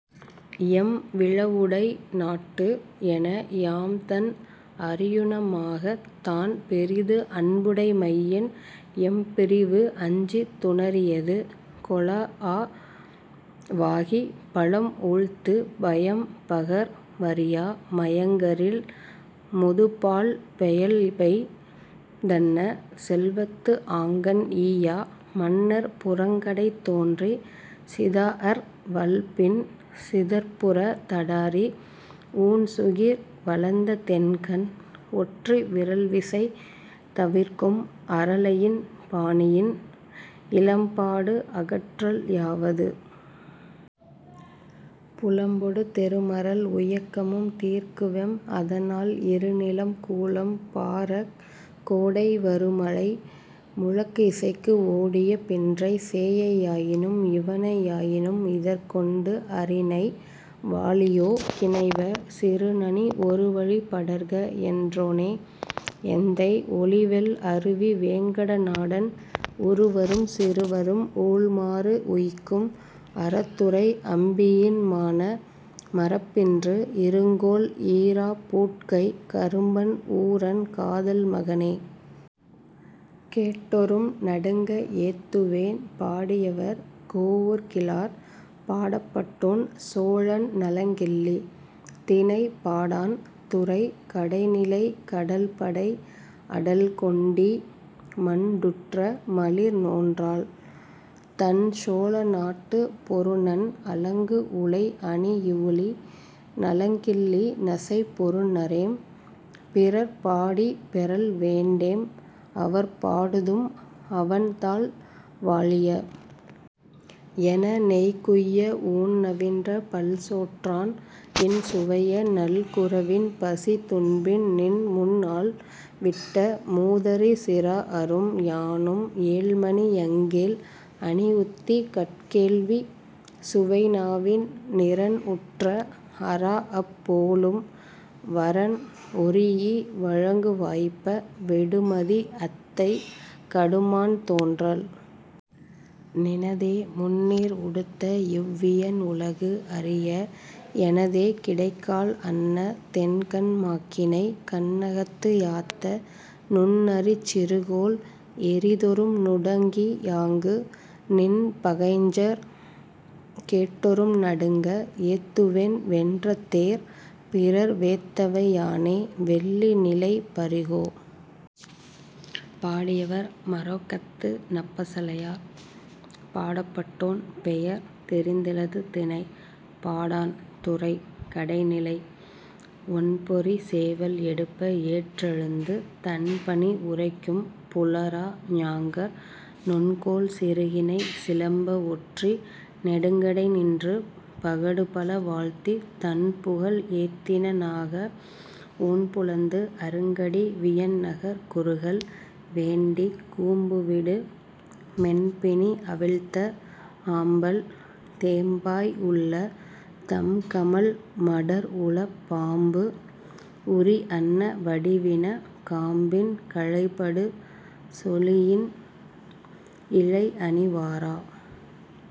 M விழவுடை நாட்டு? ' என, யாம்தன் அறியுநமாகத்' தான் பெரிது அன்புடை மையின், எம்பிரிவு அஞ்சித் துணரியது கொளாஅ வாகிப், பழம்ஊழ்த்துப், பயம்பகர் வறியா மயங்கரில் முதுபாழ்ப் பெயல்பெய் தன்ன, செல்வத்து ஆங்கண் ஈயா மன்னர் புறங்கடைத் தோன்றிச், சிதாஅர் வள்பின் சிதர்ப்புறத் தடாரி ஊன்சுகிர் வலந்த தெண்கண் ஒற்றி, விரல்விசை தவிர்க்கும் அரலையில் பாணியின், இலம்பாடு அகற்றல் யாவது? புலம்பொடு தெருமரல் உயக்கமும் தீர்க்குவெம்; அதனால், இருநிலம் கூலம் பாறக், கோடை வருமழை முழக்கு இசைக்கு ஓடிய பின்றைச், சேயை யாயினும், இவணை யாயினும் இதற்கொண்டு அறிநை; வாழியோ, கிணைவ! சிறுநனி, ஒருவழிப் படர்க' என் றோனே எந்தை, ஒலிவெள் அருவி வேங்கட நாடன்; உறுவரும் சிறுவரும் ஊழ்மாறு உய்க்கும் அறத்துறை அம்பியின் மான, மறப்பின்று, இருங்கோள் ஈராப் பூட்கைக் கரும்பன் ஊரன் காதல் மகனே!. கேட்டொறும் நடுங்க ஏத்துவேன்! பாடியவர்: கோவூர் கிழார். பாடப்பட்டோன்: சோழன் நலங்கிள்ளி. திணை: பாடாண். துறை: கடைநிலை. கடல் படை அடல் கொண்டி, மண் டுற்ற மலிர் நோன்றாள், தண் சோழ நாட்டுப் பொருநன், அலங்கு உளை அணி இவுளி நலங் கிள்ளி நசைப் பொருநரேம்; பிறர்ப் பாடிப் பெறல் வேண்டேம் அவற் பாடுதும், 'அவன் தாள் வாழிய! ' என! நெய் குய்ய ஊன் நவின்ற பல்சோற்றான், இன் சுவைய நல் குரவின் பசித் துன்பின் நின் முன்நாள் விட்ட மூதறி சிறா அரும், யானும், ஏழ்மணி யங்கேள், அணிஉத்திக், கட்கேள்விக், சுவை நாவின் நிறன் உற்ற, அரா அப் போலும் வறன் ஒரீ இ, வழங்கு வாய்ப்ப, விடுமதி அத்தை, கடுமான் தோன்றல்! நினதே, முந்நீர் உடுத்த இவ் வியன் உலகு, அறிய; எனதே, கிடைக்காழ் அன்ன தெண்கண் மாக்கிணை கண்ணகத்து யாத்த நுண் அரிச் சிறுகோல் எறிதொறும் நுடங்கி யாங்கு, நின் பகைஞர் கேட்டொறும் நடுங்க, ஏத்துவென், வென்ற தேர், பிறர் வேத்தவை யானே.. வெள்ளி நிலை பரிகோ! பாடியவர்: மாறோக்கத்து நப்பசலையார். பாடப்பட்டோன்: பெயர் தெரிந்திலது திணை: பாடாண். துறை: கடைநிலை. ஒண்பொறிச் சேவல் எடுப்ப ஏற்றெழுந்து, தண்பனி உறைக்கும் புலரா ஞாங்கர், நுண்கோல் சிறுகிணை சிலம்ப ஒற்றி, நெடுங்கடை நின்று, பகடுபல வாழ்த்தித், தன்புகழ் ஏத்தினெ னாக, ஊன்புலந்து, அருங்கடி வியன்நகர்க் குறுகல் வேண்டிக், கூம்புவிடு மென்பிணி அவிழ்த்த ஆம்பல், தேம்பாய் உள்ள தம்கமழ் மடர் உளப், பாம்பு உரி அன்ன வடிவின, காம்பின் கழைபடு சொலியின் இழை அணி வாரா.